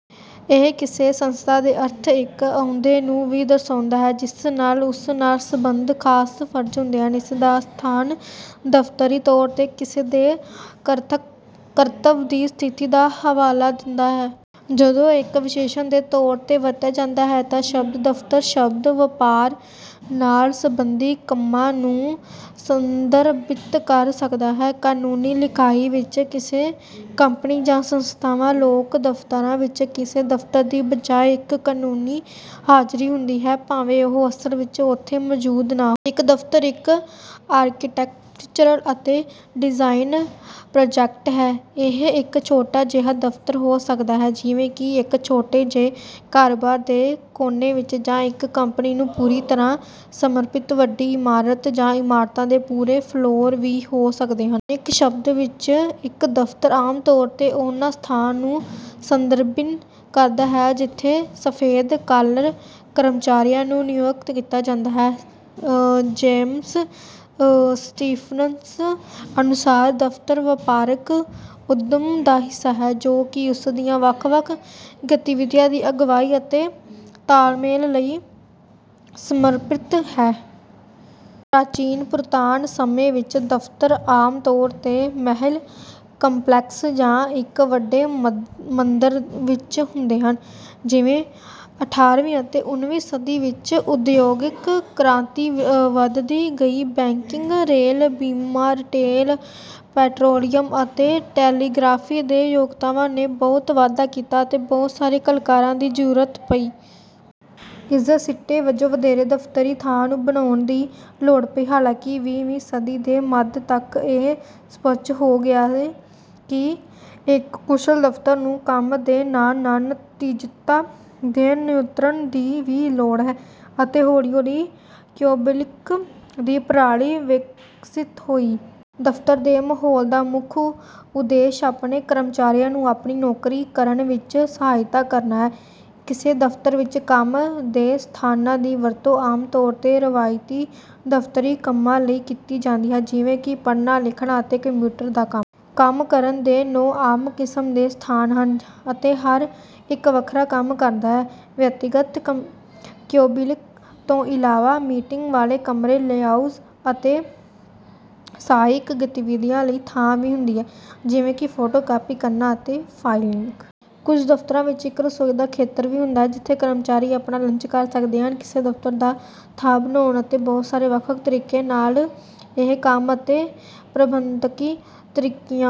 ਇਹ ਕਿਸੇ ਸੰਸਥਾ ਦੇ ਅੰਦਰ ਇੱਕ ਅਹੁਦੇ ਨੂੰ ਵੀ ਦਰਸਾਉਂਦਾ ਹੈ ਜਿਸ ਨਾਲ ਉਸ ਨਾਲ ਸੰਬੰਧਿਤ ਖਾਸ ਫਰਜ਼ ਹੁੰਦੇ ਹਨ। ਇਸ ਦਾ ਸਥਾਨ ਦਫ਼ਤਰੀ ਤੌਰ ਤੇ ਕਿਸੇ ਦੇ ਕਰਤੱਵ ਦੀ ਸਥਿਤੀ ਦਾ ਹਵਾਲਾ ਦਿੰਦਾ ਹੈ। ਜਦੋਂ ਇੱਕ ਵਿਸ਼ੇਸ਼ਣ ਦੇ ਤੌਰ ਤੇ ਵਰਤਿਆ ਜਾਂਦਾ ਹੈ ਤਾਂ ਸ਼ਬਦ ਦਫ਼ਤਰ ਸ਼ਬਦ ਵਪਾਰ ਨਾਲ ਸੰਬੰਧਿਤ ਕੰਮਾਂ ਨੂੰ ਸੰਦਰਭਿਤ ਕਰ ਸਕਦਾ ਹੈ। ਕਾਨੂੰਨੀ ਲਿਖਾਈ ਵਿੱਚ ਕਿਸੇ ਕੰਪਨੀ ਜਾਂ ਸੰਸਥਾ ਕੋਲ ਦਫ਼ਤਰਾਂ ਵਿੱਚ ਕਿਸੇ ਦਫ਼ਤਰ ਦੀ ਬਜਾਏ ਇੱਕ ਕਾਨੂੰਨੀ ਹਾਜ਼ਰੀ ਹੁੰਦੀ ਹੈ ਭਾਵੇਂ ਉਹ ਅਸਲ ਵਿੱਚ ਉਥੇ ਮੌਜੂਦ ਨਾ ਹੋਵੇ। ਇੱਕ ਦਫ਼ਤਰ ਇੱਕ ਆਰਕੀਟੈਕਚਰਲ ਅਤੇ ਡਿਜ਼ਾਈਨ ਪ੍ਰਾਜੈਕਟ ਹੈ। ਇਹ ਇੱਕ ਛੋਟਾ ਜਿਹਾ ਦਫ਼ਤਰ ਹੋ ਸਕਦਾ ਹੈ ਜਿਵੇਂ ਕਿ ਇੱਕ ਛੋਟੇ ਜਿਹੇ ਕਾਰੋਬਾਰ ਦੇ ਕੋਨੇ ਵਿੱਚ ਜਾਂ ਇੱਕ ਕੰਪਨੀ ਨੂੰ ਪੂਰੀ ਤਰ੍ਹਾਂ ਸਮਰਪਿਤ ਵੱਡੀ ਇਮਾਰਤ ਜਾਂ ਇਮਾਰਤਾਂ ਦੇ ਪੂਰੇ ਫਲੋਰ ਵੀ ਹੋ ਸਕਦੇ ਹਨ। ਆਧੁਨਿਕ ਸ਼ਬਦਾਂ ਵਿੱਚ ਇੱਕ ਦਫ਼ਤਰ ਆਮ ਤੌਰ ਤੇ ਉਹਨਾਂ ਸਥਾਨ ਨੂੰ ਸੰਦਰਭਿਤ ਕਰਦਾ ਹੈ ਜਿੱਥੇ ਸਫੈਦ-ਕਾਲਰ ਕਰਮਚਾਰੀਆਂ ਨੂੰ ਨਿਯੁਕਤ ਕੀਤਾ ਜਾਂਦਾ ਹੈ। ਜੇਮਸ ਸਟੀਫਨਸਨ ਅਨੁਸਾਰ ਦਫ਼ਤਰ ਵਪਾਰਕ ਉੱਦਮ ਦਾ ਹਿੱਸਾ ਹੈ ਜੋ ਕਿ ਉਸ ਦੀਆਂ ਵੱਖ-ਵੱਖ ਗਤੀਵਿਧੀਆਂ ਦੀ ਅਗਵਾਈ ਅਤੇ ਤਾਲਮੇਲ ਲਈ ਸਮਰਪਿਤ ਹੈ। ਪ੍ਰਾਚੀਨ ਪੁਰਾਤਨ ਸਮੇਂ ਵਿੱਚ ਦਫ਼ਤਰ ਆਮ ਤੌਰ ਤੇ ਮਹਿਲ ਕੰਪਲੈਕਸ ਜਾਂ ਇੱਕ ਵੱਡੇ ਮੰਦਰ ਵਿੱਚ ਹੁੰਦੇ ਸਨ। ਜਿਵੇਂ ਅਠਾਰਵੀਂ ਅਤੇ ਉਨਵੀਂ ਸਦੀ ਵਿੱਚ ਉਦਯੋਗਿਕ ਕ੍ਰਾਂਤੀ ਵਧਦੀ ਗਈ ਬੈਂਕਿੰਗ, ਰੇਲ, ਬੀਮਾ, ਰਿਟੇਲ, ਪੈਟਰੋਲੀਅਮ ਅਤੇ ਟੈਲੀਗ੍ਰਾਫੀ ਦੇ ਉਦਯੋਗਾਂ ਨੇ ਬਹੁਤ ਵਾਧਾ ਕੀਤਾ ਅਤੇ ਬਹੁਤ ਸਾਰੇ ਕਲਰਕਾਂ ਦੀ ਜ਼ਰੂਰਤ ਪਈ। ਇਸਦੇ ਸਿੱਟੇ ਵਜੋਂ ਵਧੇਰੇ ਦਫ਼ਤਰੀ ਥਾਂ ਨੂੰ ਬਣਾਉਣ ਦੀ ਲੋੜ ਪਈ। ਹਾਲਾਂਕਿ ਵੀਹ ਵੀਂ ਸਦੀ ਦੇ ਮੱਧ ਤੱਕ ਇਹ ਸਪੱਸ਼ਟ ਹੋ ਗਿਆ ਕਿ ਇੱਕ ਕੁਸ਼ਲ ਦਫ਼ਤਰ ਨੂੰ ਕੰਮ ਦੇ ਨਾਲ ਨਾਲ ਨਿੱਜਤਾ ਦੇ ਨਿਯੰਤਰਣ ਦੀ ਵੀ ਲੋੜ ਹੈ ਅਤੇ ਹੌਲੀ ਹੌਲੀ ਕਿਊਬਿਕਲ ਦੀ ਪ੍ਰਣਾਲੀ ਵਿਕਸਿਤ ਹੋਈ। ਦਫ਼ਤਰ ਦੇ ਮਾਹੌਲ ਦਾ ਮੁੱਖ ਉਦੇਸ਼ ਆਪਣੇ ਕਰਮਚਾਰੀਆਂ ਨੂੰ ਆਪਣੀ ਨੌਕਰੀ ਕਰਨ ਵਿੱਚ ਸਹਾਇਤਾ ਕਰਨਾ ਹੈ। ਕਿਸੇ ਦਫ਼ਤਰ ਵਿੱਚ ਕੰਮ ਕਰਨ ਦੇ ਸਥਾਨਾਂ ਦੀ ਵਰਤੋਂ ਆਮ ਤੌਰ ਤੇ ਰਵਾਇਤੀ ਦਫ਼ਤਰੀ ਕੰਮਾਂ ਲਈ ਕੀਤੀ ਜਾਂਦੀ ਹੈ ਜਿਵੇਂ ਕਿ ਪੜ੍ਹਨਾ, ਲਿਖਣਾ ਅਤੇ ਕੰਪਿਊਟਰ ਦਾ ਕੰਮ। ਕੰਮ ਕਰਨ ਦੇ ਨੌਂ ਆਮ ਕਿਸਮ ਦੇ ਸਥਾਨ ਹਨ ਅਤੇ ਹਰ ਇੱਕ ਵੱਖਰਾ ਕੰਮ ਕਰਦਾ ਹੈ। ਵਿਅਕਤੀਗਤ ਕਿਊਬਿਕਲ ਤੋਂ ਇਲਾਵਾ ਮੀਟਿੰਗ ਵਾਲੇ ਕਮਰੇ, ਲਾਉਂਜ ਅਤੇ ਸਹਾਇਕ ਗਤੀਵਿਧੀਆਂ ਲਈ ਥਾਂ ਵੀ ਹੁੰਦੀ ਹੈ ਜਿਵੇਂ ਕਿ ਫੋਟੋ ਕਾਪੀ ਕਰਨਾ ਅਤੇ ਫਾਈਲਿੰਗ। ਕੁਝ ਦਫ਼ਤਰਾਂ ਵਿੱਚ ਇੱਕ ਰਸੋਈ ਦਾ ਖੇਤਰ ਵੀ ਹੁੰਦਾ ਹੈ ਜਿੱਥੇ ਕਰਮਚਾਰੀ ਆਪਣਾ ਲੰਚ ਕਰ ਸਕਦੇ ਹਨ। ਕਿਸੇ ਦਫ਼ਤਰ ਵਿੱਚ ਥਾਂ ਬਣਾਉਣ ਦੇ ਬਹੁਤ ਸਾਰੇ ਵੱਖ-ਵੱਖ ਤਰੀਕੇ ਹਨ ਅਤੇ ਇਹ ਕੰਮ ਅਤੇ ਪ੍ਰਬੰਧਕੀ ਤਰੀਕਿਆਂ